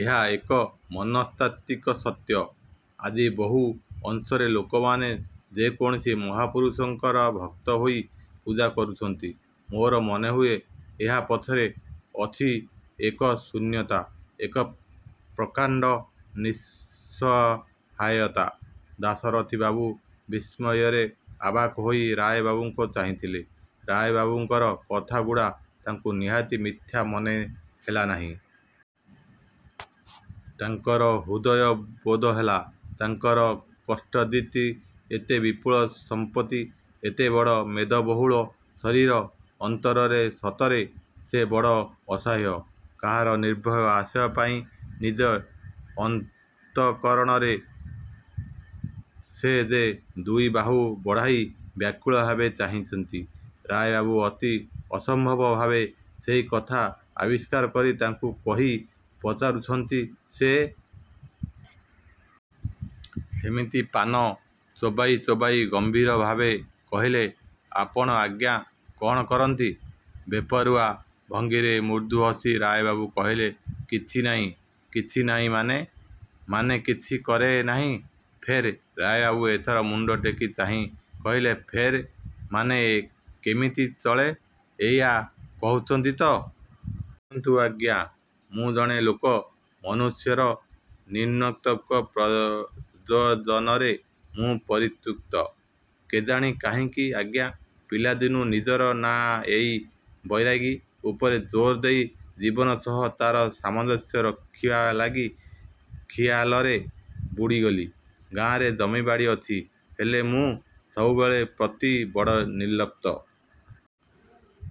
"ଏହା ଏକ ମନସ୍ତାତ୍ତ୍ୱିକ ସତ୍ୟ। ଆଜି ବହୁ ଅଂଶରେ ଲୋକମାନେ ଯେ କୌଣସି ମହାପୁରୁଷଙ୍କ ଭକ୍ତ ହୋଇ ପୂଜା କରୁଚନ୍ତି। ମୋର ମନେହୁଏ, ଏହା ପଛରେ ଅଛିଏକ ଶୂନ୍ୟତା, ଏକ ପ୍ରକାଣ୍ଡ ନିଃସହାୟତା।"ଦାଶରଥିବାବୁ ବିସ୍ମୟରେ ଅବାକ୍ ହୋଇ ରାୟବାବୁଙ୍କୁ ଚାହିଁଥିଲେ। ରାୟବାବୁଙ୍କର କଥା ଗୁଡ଼ା ତାଙ୍କୁ ନିହାତି ମିଥ୍ୟା ମନେହେଲା ନାହିଁ। ତାଙ୍କର ହୃଦ୍‌ବୋଧ ହେଲା, ତାଙ୍କର କଷ୍ଟାର୍ଜିତ ଏତେ ବିପୁଳ ସମ୍ପତ୍ତି, ଏତେବଡ଼ ମେଦବହୁଳ ଶରୀର ଅଭ୍ୟନ୍ତରରେ ସତରେ ସେ ବଡ଼ ଅସହାୟ। କାହାର ନିର୍ଭୟ ଆଶ୍ରୟ ପାଇଁ ନିଜ ଅନ୍ତଃକରଣରେ ସେ ଯେ ଦୁଇବାହୁ ବଢ଼ାଇ ବ୍ୟାକୁଳ ଭାବେ ଚାହିଁଚନ୍ତି, ରାୟବାବୁ ଅତି ଅସମ୍ଭବ ଭାବେ ସେହି କଥା ଆବିଷ୍କାର କରି ତାଙ୍କୁ କହି ପଚାରୁଚନ୍ତି। ସେ ସେମିତି ପାନ ଚୋବାଉ ଚୋବାଉ ଗମ୍ଭୀର ଭାବେ କହିଲେ, "ଆପଣ ଆଜ୍ଞା, କ'ଣ କରନ୍ତି?"ବେପରୁଆ ଭଙ୍ଗୀରେ ମୃଦୁ ହସି ରାୟବାବୁ କହିଲେ, "କିଛି ନାଇଁ।""କିଛି ନାଇଁ ମାନେ?""ମାନେ କିଛି କରେ ନାହିଁ।""ଫେର୍?"ରାୟବାବୁ ଏଥର ମୁଣ୍ଡଟେକି ଚାହିଁ କହିଲେ, "ଫେର୍? ମାନେ କେମିତି ଚଳେ, ଏଇଆ କହୁଚନ୍ତି ତ? ଦେଖନ୍ତୁ ଆଜ୍ଞା, ମୁଁ ଜଣେ ଲୋକ, ମନୁଷ୍ୟର ନ୍ୟୁନତମ ପ୍ରୟୋଜନରେ ମୁଁ ପରିତୃପ୍ତ। କେଜାଣି କାହିଁକି ଆଜ୍ଞା, ପିଲାଦିନୁ ନିଜର ନାଁ ଏଇ 'ବୈରାଗୀ' ଉପରେ ଜୋର୍ ଦେଇ ଜୀବନ ସହ ତା'ର ସାମଞ୍ଜସ୍ୟ ରଖିବା ଲାଗି, ଖିଆଲରେ, ବୁଡ଼ିଗଲି।" "ଗାଁରେ ଜମିବାଡ଼ି ଅଛି, ହେଲେ ମୁଁ ସେସବୁ ପ୍ରତି ବଡ଼ ନିର୍ଲିପ୍ତ।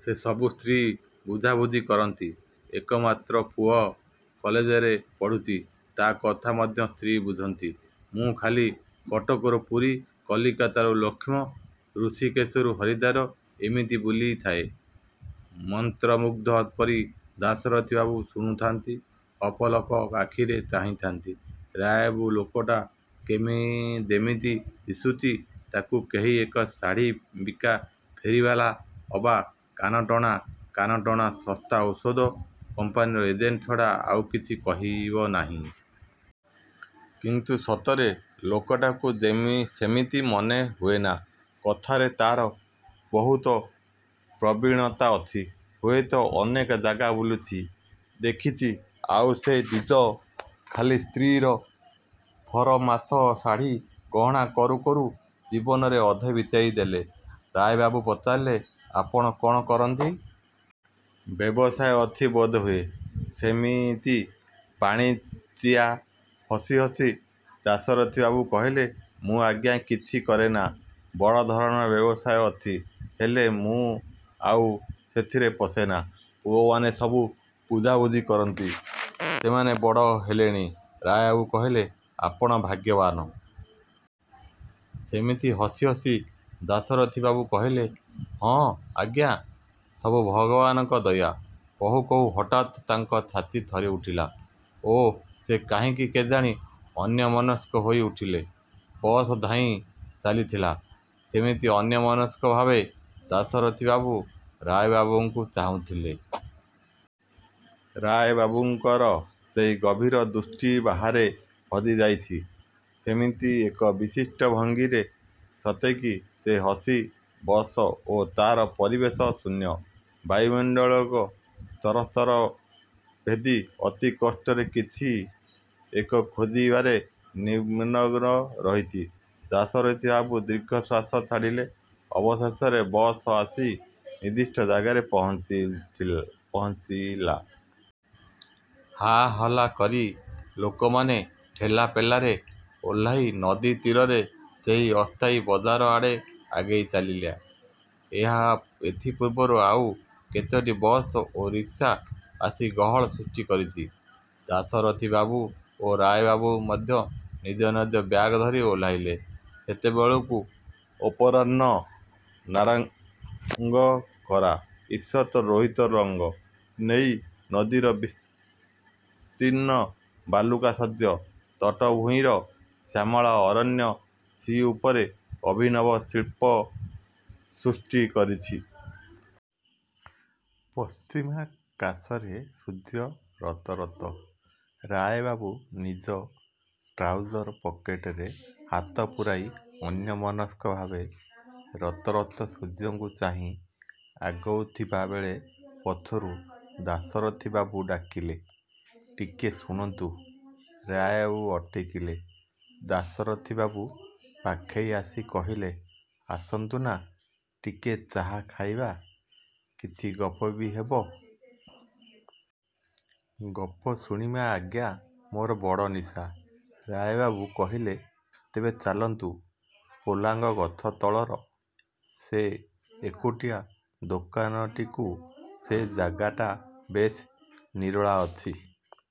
ସେ ସବୁ ସ୍ତ୍ରୀ ବୁଝାବୁଝି କରନ୍ତି। ଏକମାତ୍ର ପୁତ୍ର କଲେଜରେ ପଢ଼ୁଚି, ତା' କଥା ମଧ୍ୟ ସ୍ତ୍ରୀ ବୁଝନ୍ତି। ମୁଁ ଖାଲି କଟକରୁ ପୁରୀ, କଲିକତାରୁ ଲକ୍ଷ୍ନୌ, ଋଷିକେଶରୁ ହରିଦ୍ୱାର ଏମିତି ବୁଲିଥାଏ।"ମନ୍ତ୍ରମୁଗ୍ଧ ପରି ଦାଶରଥିବାବୁ ଶୁଣୁଥାଆନ୍ତି। ଅପଲକ ଆଖିରେ ଚାହିଁଥାନ୍ତି। ରାୟବାବୁ ଲୋକଟା ଯେମିତି ଦିଶୁଚି, ତାକୁ କେହି ଏକ ଶାଢ଼ୀ ବିକା ଫେରିବାଲା ଅବା କାନଟଣା, ନାକଟଣା ଶସ୍ତା ଔଷଧ କମ୍ପାନୀର ଏଜେଣ୍ଟ ଛଡ଼ା ଆଉ କିଛି କହିବ ନାହିଁ। କିନ୍ତୁ ସତରେ ଲୋକଟାକୁ ସେମିତି ମନେ ହୁଏନା। କଥାରେ ତାର ବହୁତ ପ୍ରବୀଣତା ଅଛି। ହୁଏତ ଅନେକ ଜାଗା ବୁଲିଚି, ଦେଖିଚି, ଆଉ ସେ ନିଜେ ଖାଲି ସ୍ତ୍ରୀର ଫରମାସ ଶାଢ଼ି ଗହଣା କରୁ କରୁ ଜୀବନର ଅଧେ ବିତାଇ ଦେଲେ। ରାୟବାବୁ ପଚାରିଲେ, "ଆପଣ କ'ଣ କରନ୍ତି? ବ୍ୟବସାୟ ଅଛି ବୋଧହୁଏ?" ସେମିତି ପାଣିଚିଆ ହସ ହସି ଦାଶରଥିବାବୁ କହିଲେ, "ମୁଁ ଆଜ୍ଞା କିଛି କରେନା। ବଡ଼ ଧରଣର ବ୍ୟବସାୟ ଅଛି, ହେଲେ ମୁଁ ଆଉ ସେଥିରେ ପଶେନା। ପୁଅମାନେ ସବୁ ବୁଝାବୁଝି କରନ୍ତି। ସେମାନେ ବଡ଼ ହେଲେଣି।" ରାୟବାବୁ କହିଲେ, "ଆପଣ ଭାଗ୍ୟବାନ୍।" ସେମିତି ହସି ହସି ଦାଶରଥିବାବୁ କହିଲେ, "ହଁ ଆଜ୍ଞା। ସବୁ ଭଗବାନଙ୍କ ଦୟା।" କହୁ କହୁ ହଠାତ୍ ତାଙ୍କ ଛାତି ଥରି ଉଠିଲା ଓ ସେ କାହିଁକି କେଜାଣି ଅନ୍ୟମନସ୍କ ହୋଇ ଉଠିଲେ। ବସ ଧାଇଁ ଚାଲିଥିଲା। ସେମିତି ଅନ୍ୟମନସ୍କ ଭାବେ ଦାଶରଥିବାବୁ ରାୟବାବୁଙ୍କୁ ଚାହିଁଥିଲେ। ରାୟବାବୁଙ୍କର ସେହି ଗଭୀର ଦୃଷ୍ଟି, ବାହାରେ ହଜିଯାଇଚି ସେମିତି ଏକ ବିଶିଷ୍ଟ ଭଙ୍ଗୀରେ; ସତେକି ସେ ଏହି ବସ ଓ ତାର ପରିବେଶ, ଶୂନ୍ୟ ବାୟୁମଣ୍ଡଳର ସ୍ତରସ୍ତର ଭେଦି ଅତି ଊର୍ଦ୍ଧ୍ଵରେ କିଛି ଏକ ଖୋଜିବାରେ ନିମଗ୍ନ ରହିଚି। ଦାଶରଥିବାବୁ ଦୀର୍ଘଶ୍ୱାସ ଛାଡ଼ିଲେ। ଅବଶେଷରେ ବସ ଆସି ନିର୍ଦ୍ଦିଷ୍ଟ ଜାଗାରେ ପହଞ୍ଚିଲା। ହାହଲ୍ଲା କରି ଲୋକମାନେ ଠେଲାପେଲାରେ ଓହ୍ଲାଇ ନଦୀ ତୀରର ସେହି ଅସ୍ଥାୟୀ ବଜାର ଆଡ଼େ ଆଗେଇ ଚାଲିଲେ। ଏଥିପୂର୍ବରୁ ଆଉ କେତୋଟି ବସ ଓ ରିକ୍ସା ଆସି ଗହଳ ସୃଷ୍ଟି କରିଚି। ଦାଶରଥିବାବୁ ଓ ରାୟବାବୁ ମଧ୍ୟ ନିଜ ନିଜ ବ୍ୟାଗ ଧରି ଓହ୍ଲାଇଲେ। ସେତେବେଳକୁ ଅପରାହ୍ନର ନାରଙ୍ଗୀ ଖରା, ଈଷତ୍ ଲୋହିତ ରଙ୍ଗ ନେଇ ନଦୀର ବିସ୍ତୀର୍ଣ୍ଣ ବାଲୁକା ଶଯ୍ୟା, ତଟଭୂମିର ଶ୍ୟାମଳ ଅରଣ୍ୟ ଶ୍ରୀଉପରେ ଅଭିନବ ଶିଳ୍ପ ସୃଷ୍ଟି କରିଛି। ପଶ୍ଚିମାକାଶରେ ସୂର୍ଯ୍ୟ ରତରତ। ରାୟବାବୁ ନିଜ ଟ୍ରାଉଜର ପକେଟରେ ହାତପୁରାଇ, ଅନ୍ୟମନସ୍କ ଭାବେ ରତରତ ସୂର୍ଯ୍ୟଙ୍କୁ ଚାହିଁ ଆଗୋଉଥିବା ବେଳେ, ପଛରୁ ଦାଶରଥିବାବୁ ଡାକିଲେ, "ଟିକେ ଶୁଣନ୍ତୁ।" ରାୟବାବୁ ଅଟକିଲେ। ଦାଶରଥିବାବୁ ପାଖେଇ ଆସି କହିଲେ, "ଆସନ୍ତୁ ନା, ଟିକେ ଚା' ଖାଇବା। କିଛି ଗପ ବି ହେବ। ଗପ ଶୁଣିବା ଆଜ୍ଞା ମୋର ବଡ଼ ନିଶା।"ରାୟବାବୁ କହିଲେ, "ତେବେ ଚାଲନ୍ତୁ, ପୋଲାଙ୍ଗ ଗଛ ତଳର ସେ ଏକୁଟିଆ ଦୋକାନଟିକୁ। ସେ ଜାଗାଟା ବେଶ୍ ନିରୋଳା ଅଛି।"